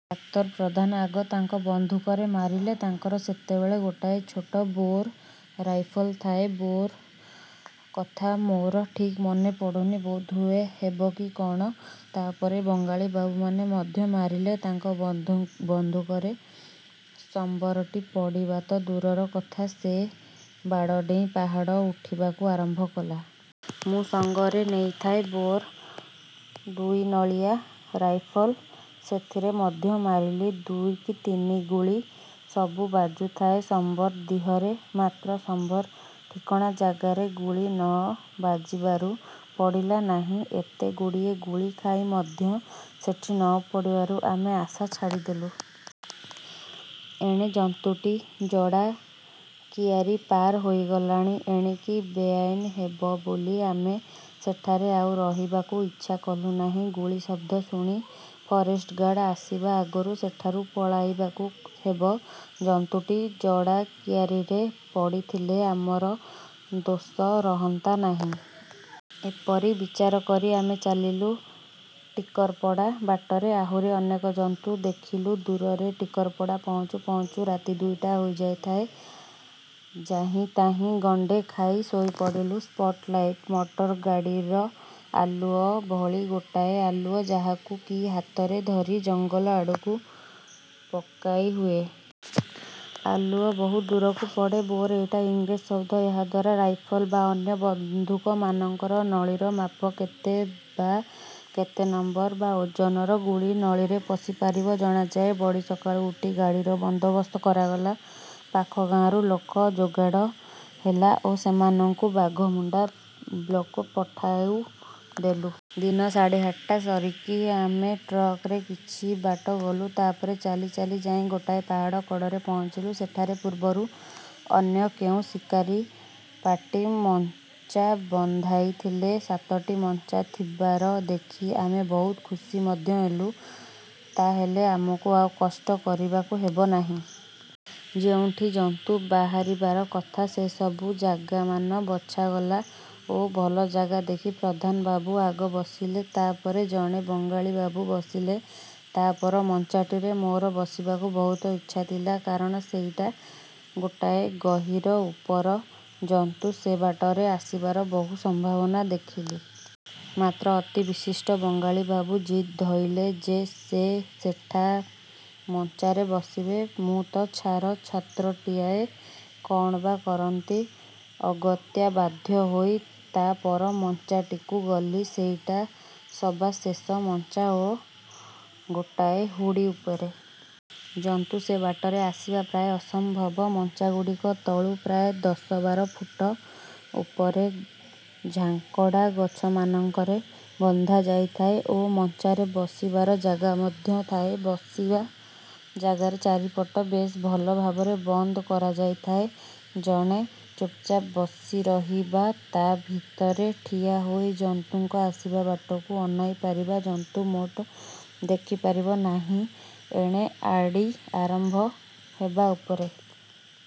ଡାକ୍ତର ପ୍ରଧାନ ଆଗ ତାଙ୍କ ବନ୍ଧୁକରେ ମାରିଲେ। ତାଙ୍କର ସେତେବେଳେ ଗୋଟାଏ ଛୋଟ ବୋର୍ର ରାଇଫଲ୍ ଥାଏ। 'ବୋର୍' କଥା ମୋର ଠିକ୍ ମନେପଡ଼ୁନି-ବୋଧହୁଏ. ହେବ କି କ'ଣ! ତା'ପରେ ବଙ୍ଗାଳି ବାବୁମାନେ ମଧ୍ୟ ମାରିଲେ ତାଙ୍କ ବନ୍ଧୁକରେ। ସମ୍ୱରଟି ପଡ଼ିବା ତ ଦୂରର କଥା-ସେ ବାଡ଼ ଡେଇଁ ପାହାଡ଼ ଉଠିବାକୁ ଆରମ୍ଭ କଲା। ମୁଁ ସଙ୍ଗରେ ନେଇଥାଏ ବୋର୍ ଦୁଇନଳିଆ ରାଇଫଲ୍। ସେଥିରେ ମଧ୍ୟ ମାରିଲି ଦୁଇ କି ତିନି ଗୁଳି। ସବୁ ବାଜୁଥାଏ ସମ୍ୱର ଦିହରେ, ମାତ୍ର ସମ୍ୱର-ଠିକଣା ଜାଗାରେ ଗୁଳି ନ ବାଜିବାରୁ ପଡ଼ିଲା ନାହିଁ। ଏତେଗୁଡ଼ିଏ ଗୁଳି ଖାଇ ମଧ୍ୟ ସେଠି ନ ପଡ଼ିବାରୁ ଆମେ ଆଶା ଛାଡ଼ିଦେଲୁ। ଏଣେ ଜନ୍ତୁଟି ଜଡ଼ା କିଆରି ପାର ହୋଇଗଲାଣି। ଏଣିକି ବେଆଇନ୍ ହେବ ବୋଲି ଆମେ ସେଠାରେ ଆଉ ରହିବାକୁ ଇଚ୍ଛା କଲୁ ନାହିଁ। ଗୁଳି ଶବ୍ଦ ଶୁଣି ଫରେଷ୍ଟ ଗାର୍ଡ଼ ଆସିବା ଆଗରୁ ସେଠାରୁ ପଳାଇବାକୁ ହେବ। ଜନ୍ତୁଟି ଜଡ଼ା କିଆରିରେ ପଡ଼ିଥିଲେ ଆମର ଦୋଷ ରହନ୍ତା ନାହିଁ। ଏପରି ବିଚାରକରି ଆମେ ଚାଲିଲୁ ଟିକରପଡ଼ା। ବାଟରେ ଆହୁରି ଅନେକ ଜନ୍ତୁ ଦେଖିଲୁ-ଦୂରରେ। ଟିକରପଡ଼ା ପହଞ୍ଚୁ ପହଞ୍ଚୁ ରାତି ଦୁଇଟା ହୋଇଯାଇଥାଏ। ଯାହିତାହି ଗଣ୍ଡେ ଖାଇ ଶୋଇ ପଡ଼ିଲୁ। ସ୍ପଟ୍ ଲାଇଟ୍-ମଟର ଗାଡ଼ିର ଆଲୁଅ ଭଳି ଗୋଟାଏ ଆଲୁଅ ଯାହାକୁ କି ହାତରେ ଧରି ଜଙ୍ଗଲ ଆଡ଼କୁ ପକାଇହୁଏ। ଆଲୁଅ ବହୁତ ଦୂରକୁ ପଡ଼େ। ବୋର୍-ଏଇଟା ଇଂରେଜ ଶବ୍ଦ। ଏହାଦ୍ୱାରା ରାଇଫଲ ବା ଅନ୍ୟ ବନ୍ଧୁକମାନଙ୍କର ନଳିର ମାପ କେତେ ବା କେତେ ନମ୍ୱର ବା ଓଜନର ଗୁଳି ନଳିରେ ପଶିପାରିବ ଜଣାଯାଏ। ବଡ଼ି ସକାଳୁ ଉଠି ଆଡ଼ିର ବନ୍ଦୋବସ୍ତ କରାଗଲା। ପାଖ ଗାରୁ ଲୋକ ଯୋଗାଡ଼ ହେଲା ଓ ସେମାନଙ୍କୁ ବାଘମୁଣ୍ଡା ବ୍ଲକ୍କୁ ପଠାଇ ଦେଲୁ। ଦିନ ସାଢ଼େ ଆଠଟା ସରିକି ଆମେ ଟ୍ରକରେ କିଛି ବାଟ ଗଲୁ। ତା'ପରେ ଚାଲି ଚାଲି ଯାଇ ଗୋଟାଏ ପାହାଡ଼ କଡ଼ରେ ପହଞ୍ଚିଲୁ। ସେଠାରେ ପୂର୍ବରୁ ଅନ୍ୟ କେଉଁ ଶିକାର ପାର୍ଟି ମଞ୍ଚା ବନ୍ଧାଇଥିଲେ। ସାତଟି ମଞ୍ଚା ଥିବାର ଦେଖି ଆମେ ବହୁତ ଖୁସି ମଧ୍ୟ ହେଲୁ-ତା'ହେଲେ ଆମକୁ ଆଉ କଷ୍ଟ କରିବାକୁ ହେବ ନାହିଁ। ଯେଉଁଠି ଜନ୍ତୁ ବାହାରିବାର କଥା ସେସବୁ ଜାଗାମାନ ବଛାଗଲା ଓ ଭଲ ଜାଗା ଦେଖି ପ୍ରଧାନ ବାବୁ ଆଗ ବସିଗଲେ। ତା'ପରେ ଜଣେ ବଙ୍ଗାଳିବାବୁ ବସିଲେ। ତା' ପର ମଞ୍ଚାଟିରେ ମୋର ବସିବାକୁ ବହୁତ ଇଚ୍ଛା ଥିଲା, କାରଣ ସେଇଟା ଗୋଟାଏ ଗହୀର ଉପରେ। ଜନ୍ତୁ ସେ ବାଟରେ ଆସିବାର ବହୁ ସମ୍ଭାବନା ଦେଖିଲି। ମାତ୍ର ଅତି ବିଶିଷ୍ଟ ବଙ୍ଗାଳି ବାବୁ ଜିଦ୍ ଧଇଲେ ଯେ, ସେ ସେଠା ମଞ୍ଚାରେ ବସିବେ। ମୁଁ ତ ଛାର ଛାତ୍ରଟାଏ, କ'ଣ ବା କରନ୍ତି-ଅଗତ୍ୟା ବାଧ୍ୟ ହୋଇ ତା' ପର ମଞ୍ଚାଟିକୁ ଗଲି। ସେଇଟା ସବା ଶେଷ ମଞ୍ଚା ଓ ଗୋଟାଏ ହୁଡ଼ି ଉପରେ। ଜନ୍ତୁ ସେ ବାଟରେ ଆସିବା ପ୍ରାୟ ଅସମ୍ଭବ। ମଞ୍ଚାଗୁଡ଼ିକ ତଳୁ ପ୍ରାୟ ଦଶବାର ଫୁଟ ଉପରେ ଝାଙ୍କଡ଼ା ଗଛମାନଙ୍କରେ ବନ୍ଧା ଯାଇଥାଏ ଓ ମଞ୍ଚାରେ ବସିବାର ଜାଗା ମଧ୍ୟ ଥାଏ। ବସିବା ଜାଗାର ଚାରିପଟ ବେଶ ଭଲ ଭାବରେ ବନ୍ଦ କରାଯାଇଥାଏ। ଜଣେ ଚୁପ୍ଚାପ୍ ବସି ରହି ବା ତା' ଭିତରେ ଠିଆ ହୋଇ ଜନ୍ତୁଙ୍କ ଆସିବା ବାଟକୁ ଅନାଇ ରହିପାରିବ-ଜନ୍ତୁ ମୋଟେ ଦେଖି ପାରିବ ନାହିଁ। ଏଣେ ଆଡ଼ି ଆରମ୍ଭ ହେବା ଉପରେ।